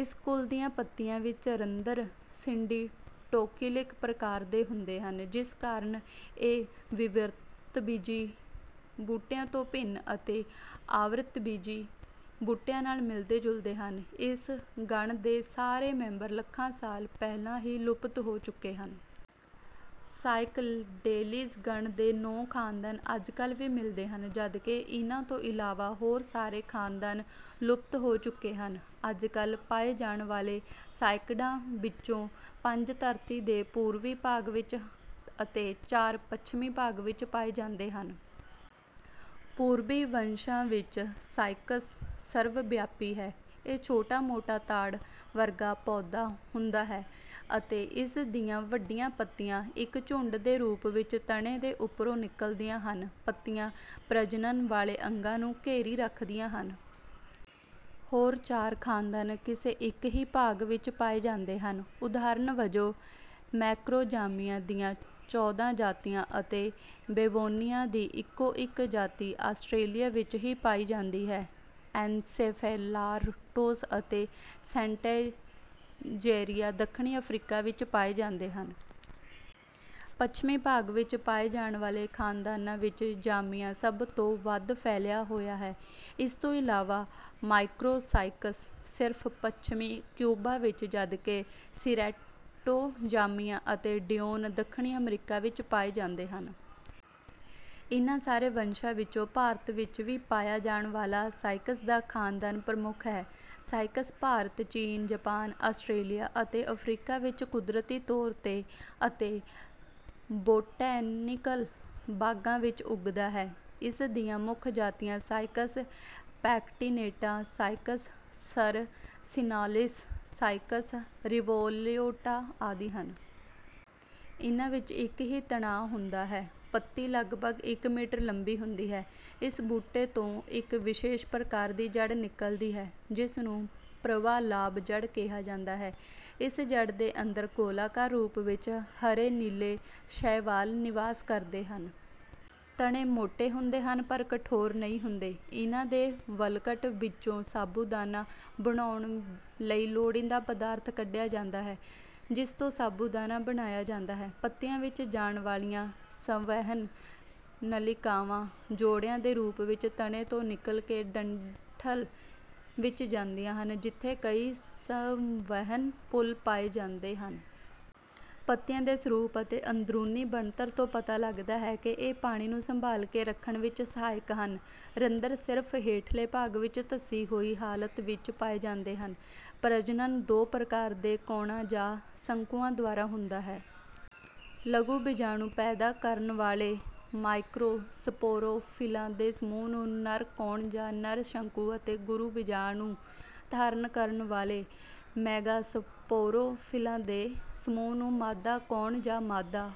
ਇਸ ਕੁਲ ਦੀਆਂ ਪੱਤੀਆਂ ਵਿੱਚ ਰੰਧਰ ਸਿੰਡੀਟੋਕੀਲਿਕ ਪ੍ਰਕਾਰ ਦੇ ਹੁੰਦੇ ਹਨ, ਜਿਸ ਕਾਰਨ ਇਹ ਵਿਵ੍ਰਿਤਬੀਜੀ ਬੂਟਿਆਂ ਤੋਂ ਭਿੰਨ ਅਤੇ ਆਵ੍ਰਿਤਬੀਜੀ ਬੂਟਿਆਂ ਨਾਲ ਮਿਲਦੇ-ਜੁਲਦੇ ਹਨ। ਇਸ ਗਣ ਦੇ ਸਾਰੇ ਮੈਂਬਰ ਲੱਖਾਂ ਸਾਲ ਪਹਿਲਾਂ ਹੀ ਲੁਪਤ ਹੋ ਚੁੱਕੇ ਹਨ। ਸਾਇਕਡੇਲੀਜ਼ ਗਣ ਦੇ ਨੌਂ ਖ਼ਾਨਦਾਨ ਅੱਜਕੱਲ੍ਹ ਵੀ ਮਿਲਦੇ ਹਨ, ਜਦਕਿ ਇਨ੍ਹਾਂ ਤੋਂ ਇਲਾਵਾ ਹੋਰ ਸਾਰੇ ਖ਼ਾਨਦਾਨ ਲੁਪਤ ਹੋ ਚੁੱਕੇ ਹਨ। ਅੱਜਕੱਲ੍ਹ ਪਾਏ ਜਾਣ ਵਾਲੇ ਸਾਇਕਡਾਂ ਵਿੱਚੋਂ ਪੰਜ ਧਰਤੀ ਦੇ ਪੂਰਬੀ ਭਾਗ ਵਿੱਚ ਅਤੇ ਚਾਰ ਪੱਛਮੀ ਭਾਗ ਵਿੱਚ ਪਾਏ ਜਾਂਦੇ ਹਨ। ਪੂਰਬੀ ਵੰਸ਼ਾਂ ਵਿੱਚ ਸਾਇਕਸ ਸਰਵਵਿਆਪੀ ਹੈ। ਇਹ ਛੋਟਾ-ਮੋਟਾ ਤਾੜ ਵਰਗਾ ਪੌਧਾ ਹੁੰਦਾ ਹੈ ਅਤੇ ਇਸ ਦੀਆਂ ਵੱਡੀਆਂ ਪੱਤੀਆਂ ਇੱਕ ਝੁੰਡ ਦੇ ਰੂਪ ਵਿੱਚ ਤਣੇ ਦੇ ਉੱਪਰੋਂ ਨਿਕਲਦੀਆਂ ਹਨ। ਪੱਤੀਆਂ ਪ੍ਰਜਨਨ ਵਾਲੇ ਅੰਗਾਂ ਨੂੰ ਘੇਰੀ ਰੱਖਦੀਆਂ ਹਨ। ਹੋਰ ਚਾਰ ਖ਼ਾਨਦਾਨ ਕਿਸੇ ਇੱਕ ਹੀ ਭਾਗ ਵਿੱਚ ਪਾਏ ਜਾਂਦੇ ਹਨ। ਉਦਾਹਰਨ ਵਜੋਂ, ਮੈਕਰੋਜ਼ਾਮੀਆ ਦੀਆਂ ਚੌਦਾ ਜਾਤੀਆਂ ਅਤੇ ਬੋਵੇਨੀਆ ਦੀ ਇੱਕੋ-ਇੱਕ ਜਾਤੀ ਆਸਟ੍ਰੇਲੀਆ ਵਿੱਚ ਹੀ ਪਾਈ ਜਾਂਦੀ ਹੈ। ਐਨਸੈਫੈਲਾਰਟੋਸ ਅਤੇ ਸਟੈਂਜੇਰੀਆ ਦੱਖਣੀ ਅਫ਼ਰੀਕਾ ਵਿੱਚ ਪਾਏ ਜਾਂਦੇ ਹਨ। ਪੱਛਮੀ ਭਾਗ ਵਿੱਚ ਪਾਏ ਜਾਣ ਵਾਲੇ ਖ਼ਾਨਦਾਨਾਂ ਵਿੱਚ ਜ਼ਾਮੀਆ ਸਭ ਤੋਂ ਵੱਧ ਫੈਲਿਆ ਹੋਇਆ ਹੈ। ਇਸ ਤੋਂ ਇਲਾਵਾ, ਮਾਈਕ੍ਰੋਸਾਇਕਸ ਸਿਰਫ਼ ਪੱਛਮੀ ਕਿਊਬਾ ਵਿੱਚ, ਜਦਕਿ ਸਿਰੈਟੋਜ਼ਾਮੀਆ ਅਤੇ ਡਿਓਨ ਦੱਖਣੀ ਅਮਰੀਕਾ ਵਿੱਚ ਪਾਏ ਜਾਂਦੇ ਹਨ। ਇਨ੍ਹਾਂ ਸਾਰੇ ਵੰਸ਼ਾਂ ਵਿੱਚੋਂ ਭਾਰਤ ਵਿੱਚ ਵੀ ਪਾਇਆ ਜਾਣ ਵਾਲਾ ਸਾਇਕਸ ਦਾ ਖ਼ਾਨਦਾਨ ਪ੍ਰਮੁੱਖ ਹੈ। ਸਾਇਕਸ ਭਾਰਤ, ਚੀਨ, ਜਾਪਾਨ, ਆਸਟ੍ਰੇਲੀਆ ਅਤੇ ਅਫ਼ਰੀਕਾ ਵਿੱਚ ਕੁਦਰਤੀ ਤੌਰ ’ਤੇ ਅਤੇ ਬੋਟੈਨਿਕਲ ਬਾਗਾਂ ਵਿੱਚ ਉੱਗਦਾ ਹੈ। ਇਸ ਦੀਆਂ ਮੁੱਖ ਜਾਤੀਆਂ ਸਾਇਕਸ ਪੈਕਟੀਨੇਟਾ, ਸਾਇਕਸ ਸਰਸਿਨਾਲਿਸ, ਸਾਇਕਸ ਰਿਵੋਲਿਊਟਾ ਆਦਿ ਹਨ। ਇਨ੍ਹਾਂ ਵਿੱਚ ਇੱਕ ਹੀ ਤਣਾ ਹੁੰਦਾ ਹੈ। ਪੱਤੀ ਲਗਭਗ ਇੱਕ ਮੀਟਰ ਲੰਬੀ ਹੁੰਦੀ ਹੈ। ਇਸ ਬੂਟੇ ਤੋਂ ਇੱਕ ਵਿਸ਼ੇਸ਼ ਪ੍ਰਕਾਰ ਦੀ ਜੜ ਨਿਕਲਦੀ ਹੈ, ਜਿਸ ਨੂੰ ਪ੍ਰਵਾਲਾਭ ਜੜ ਕਿਹਾ ਜਾਂਦਾ ਹੈ। ਇਸ ਜੜ ਦੇ ਅੰਦਰ ਗੋਲਾਕਾਰ ਰੂਪ ਵਿੱਚ ਹਰੇ-ਨੀਲੇ ਸ਼ੈਵਾਲ ਨਿਵਾਸ ਕਰਦੇ ਹਨ। ਤਣੇ ਮੋਟੇ ਹੁੰਦੇ ਹਨ, ਪਰ ਕਠੋਰ ਨਹੀਂ ਹੁੰਦੇ। ਇਨ੍ਹਾਂ ਦੇ ਵਲਕਟ ਵਿੱਚੋਂ ਸਾਬੂਦਾਨਾ ਬਣਾਉਣ ਲਈ ਲੋੜੀਂਦਾ ਪਦਾਰਥ ਕੱਢਿਆ ਜਾਂਦਾ ਹੈ, ਜਿਸ ਤੋਂ ਸਾਬੂਦਾਨਾ ਬਣਾਇਆ ਜਾਂਦਾ ਹੈ। ਪੱਤੀਆਂ ਵਿੱਚ ਜਾਣ ਵਾਲੀਆਂ ਸੰਵਹਨ ਨਲਿਕਾਵਾਂ ਜੋੜਿਆਂ ਦੇ ਰੂਪ ਵਿੱਚ ਤਣੇ ਤੋਂ ਨਿਕਲ ਕੇ ਡੰਠਲ ਵਿੱਚ ਜਾਂਦੀਆਂ ਹਨ, ਜਿੱਥੇ ਕਈ ਸੰਵਹਨ ਪੁੱਲ ਪਾਏ ਜਾਂਦੇ ਹਨ। ਪੱਤੀਆਂ ਦੇ ਸਰੂਪ ਅਤੇ ਅੰਦਰੂਨੀ ਬਣਤਰ ਤੋਂ ਪਤਾ ਲੱਗਦਾ ਹੈ ਕਿ ਇਹ ਪਾਣੀ ਨੂੰ ਸੰਭਾਲ ਕੇ ਰੱਖਣ ਵਿੱਚ ਸਹਾਇਕ ਹਨ। ਰੰਧਰ ਸਿਰਫ਼ ਹੇਠਲੇ ਭਾਗ ਵਿੱਚ ਧੱਸੀ ਹੋਈ ਹਾਲਤ ਵਿੱਚ ਪਾਏ ਜਾਂਦੇ ਹਨ। ਪ੍ਰਜਨਨ ਦੋ ਪ੍ਰਕਾਰ ਦੇ ਕੋਣਾਂ ਜਾਂ ਸ਼ੰਕੂਆਂ ਦੁਆਰਾ ਹੁੰਦਾ ਹੈ। ਲਘੂ ਬੀਜਾਣੂ ਪੈਦਾ ਕਰਨ ਵਾਲੇ ਮਾਈਕ੍ਰੋਸਪੋਰੋਫ਼ਿਲਾਂ ਦੇ ਸਮੂਹ ਨੂੰ ਨਰ ਕੋਣ ਜਾਂ ਨਰ ਸ਼ੰਕੂ ਅਤੇ ਗੁਰੂ ਬੀਜਾਣੂ ਧਾਰਨ ਕਰਨ ਵਾਲੇ ਮੈਗਾਸਪੋਰੋਫ਼ਿਲਾਂ ਦੇ ਸਮੂਹ ਨੂੰ ਮਾਦਾ ਕੋਣ ਜਾਂ ਮਾਦਾ